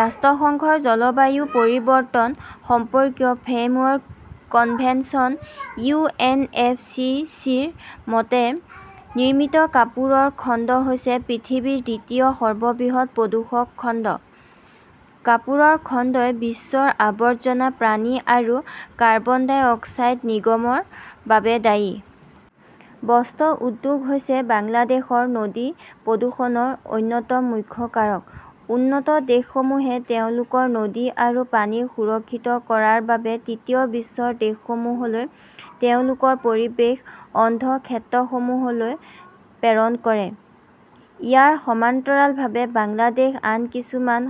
ৰাষ্ট্ৰসংঘৰ জলবায়ু পৰিৱৰ্তন সম্পৰ্কীয় framework convention U. N. F. C. C. -ৰ মতে, নিৰ্মিত কাপোৰ খণ্ড হৈছে পৃথিৱীৰ দ্বিতীয় সৰ্ববৃহৎ প্ৰদূষক খণ্ড। কাপোৰৰ খণ্ডই বিশ্বৰ আৱৰ্জনা পানী আৰু কাৰ্বন ডাই অক্সাইড নিৰ্গমনৰ বাবে দায়ী। বস্ত্ৰ উদ্যোগ হৈছে বাংলাদেশৰ নদী প্ৰদূষণৰ অন্যতম মুখ্য কাৰক। উন্নত দেশসমূহে তেওঁলোকৰ নদী আৰু পানী সুৰক্ষিত কৰাৰ বাবে তৃতীয় বিশ্বৰ দেশসমূহলৈ তেওঁলোকৰ পৰিৱেশ অন্ধ ক্ষেত্ৰসমূহ প্ৰেৰণ কৰে। ইয়াৰ সমান্তৰালভাৱে বাংলাদেশ আন কিছুমান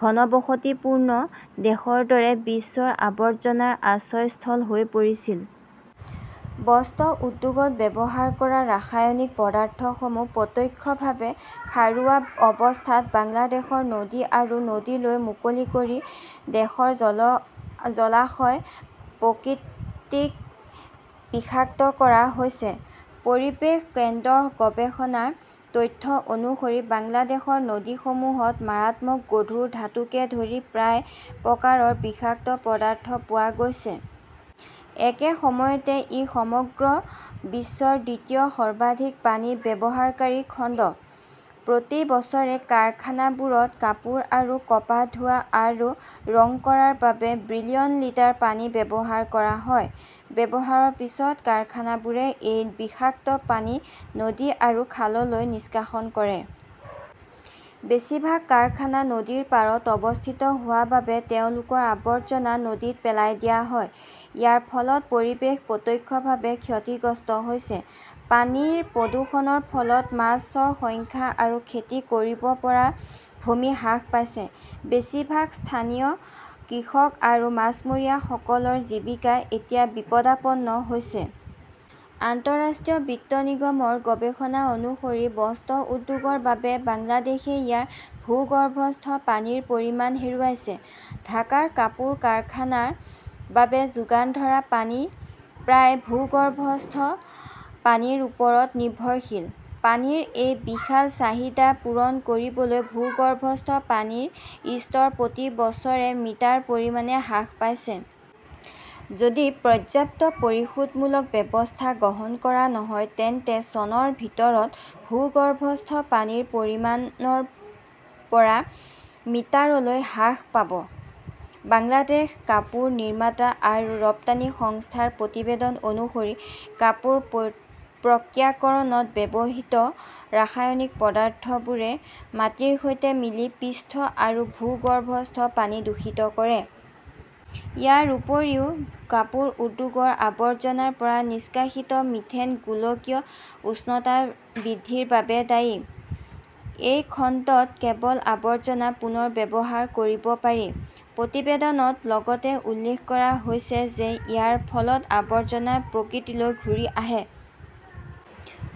ঘনবসতিপূৰ্ণ দেশৰ দৰে বিশ্বৰ আৱৰ্জনাৰ আশ্ৰয়স্থল হৈ পৰিছিল। বস্ত্ৰ উদ্যোগত ব্যৱহাৰ কৰা ৰাসায়নিক পদাৰ্থসমূহ প্ৰত্যক্ষভাৱে খাৰুৱা অৱস্থাত বাংলাদেশৰ নদী আৰু নদীলৈ মুকলি কৰি দেশৰ জলাশয়ৰ প্ৰকৃতিক বিষাক্ত কৰা হৈছে। পৰিৱেশ কেন্দ্ৰৰ গৱেষণা তথ্য অনুসৰি, বাংলাদেশৰ নদীসমূহত মাৰাত্মক গধুৰ ধাতুকে ধৰি প্ৰায় প্ৰকাৰৰ বিষাক্ত পদাৰ্থ পোৱা গৈছে। একে সময়তে ই সমগ্ৰ বিশ্বৰ দ্বিতীয় সৰ্বাধিক পানী ব্যৱহাৰকাৰী খণ্ড। প্ৰতি বছৰে কাৰখানাবোৰত কাপোৰ আৰু কপাহ ধোৱা আৰু ৰং কৰাৰ বাবে বিলিয়ন লিটাৰ পানী ব্যৱহাৰ কৰা হয়। ব্যৱহাৰৰ পিছত কাৰখানাবোৰে এই বিষাক্ত পানী নদী আৰু খাললৈ নিষ্কাশন কৰে। বেছিভাগ কাৰখানা নদীৰ পাৰত অৱস্থিত হোৱাৰ বাবে তেওঁলোকৰ আৱৰ্জনা নদীত পেলাই দিয়া হয়। ইয়াৰ ফলত পৰিৱেশ প্ৰত্যক্ষভাৱে ক্ষতিগ্ৰস্ত হৈছে। পানীৰ প্ৰদূষণৰ ফলত মাছৰ সংখ্যা আৰু খেতি কৰিব পৰা ভূমি হ্ৰাস পাইছে। বেছিভাগ স্থানীয় কৃষক আৰু মাছমৰীয়াসকলৰ জীৱিকা এতিয়া বিপদাপন্ন হৈছে। আন্তঃৰাষ্ট্ৰীয় বিত্ত নিগমৰ গৱেষণা অনুসৰি, বস্ত্ৰ উদ্যোগৰ বাবে বাংলাদেশই ইয়াৰ ভূগৰ্ভস্থ পানীৰ পৰিমাণ হেৰুৱাইছে। ঢাকাৰ কাপোৰ কাৰখানাৰ বাবে যোগান ধৰা পানীৰ প্ৰায় ভূগৰ্ভস্থ পানীৰ ওপৰত নিৰ্ভৰশীল। পানীৰ এই বিশাল চাহিদা পূৰণ কৰিবলৈ, ভূগৰ্ভস্থ পানীৰ স্তৰ প্ৰতি বছৰে মিটাৰ পৰিমাণে হ্ৰাস পাইছে। যদি পৰ্যাপ্ত প্ৰতিৰোধমূলক ব্যৱস্থা গ্ৰহণ কৰা নহয়, তেন্তে চনৰ ভিতৰত ভূগৰ্ভস্থ পানীৰ পৰিমাণ ৰ পৰা মিটাৰলৈ হ্ৰাস পাব। বাংলাদেশ কাপোৰ নিৰ্মাতা আৰু ৰপ্তানি সংস্থাৰ প্ৰতিবেদন অনুসৰি কাপোৰ প্ৰক্ৰিয়াকৰণত ব্যৱহৃত ৰাসায়নিক পদাৰ্থবোৰে মাটিৰ সৈতে মিলি পৃষ্ঠ আৰু ভূগৰ্ভস্থ পানী দূষিত কৰে। ইয়াৰ উপৰিও কাপোৰ উদ্যোগৰ আৱৰ্জনাৰ পৰা নিষ্কাশিত মিথেন গোলকীয় উষ্ণতা বৃদ্ধিৰ বাবে দায়ী। এই খণ্ডত কেৱল আৱৰ্জনা পুনৰ ব্যৱহাৰ কৰিব পাৰি। প্ৰতিবেদনত লগতে উল্লেখ কৰা হৈছে যে ইয়াৰ ফলত আৱৰ্জনা প্ৰকৃতিলৈ ঘূৰি আহে।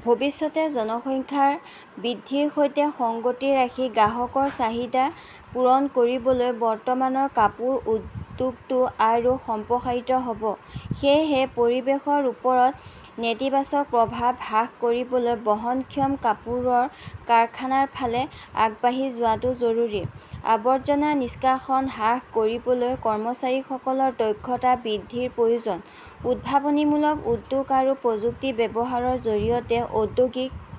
ভৱিষ্যতে জনসংখ্যা বৃদ্ধিৰ সৈতে সংগতি ৰাখি গ্ৰাহকৰ চাহিদা পূৰণ কৰিবলৈ বৰ্তমানৰ কাপোৰ উদ্যোগটো আৰু সম্প্ৰসাৰিত হ 'ব। সেয়েহে পৰিৱেশৰ ওপৰত নেতিবাচক প্ৰভাৱ হ্ৰাস কৰিবলৈ বহনক্ষম কাপোৰৰ কাৰখানাৰ ফালে আগবাঢ়ি যোৱাটো জৰুৰী। আৱৰ্জনা নিষ্কাশন হ্ৰাস কৰিবলৈ কৰ্মচাৰীসকলৰ দক্ষতা বৃদ্ধিৰ প্ৰয়োজন। উদ্ভাৱনীমূলক উদ্যোগ আৰু প্ৰযুক্তিৰ ব্যৱহাৰৰ জৰিয়তে ঔদ্যোগিক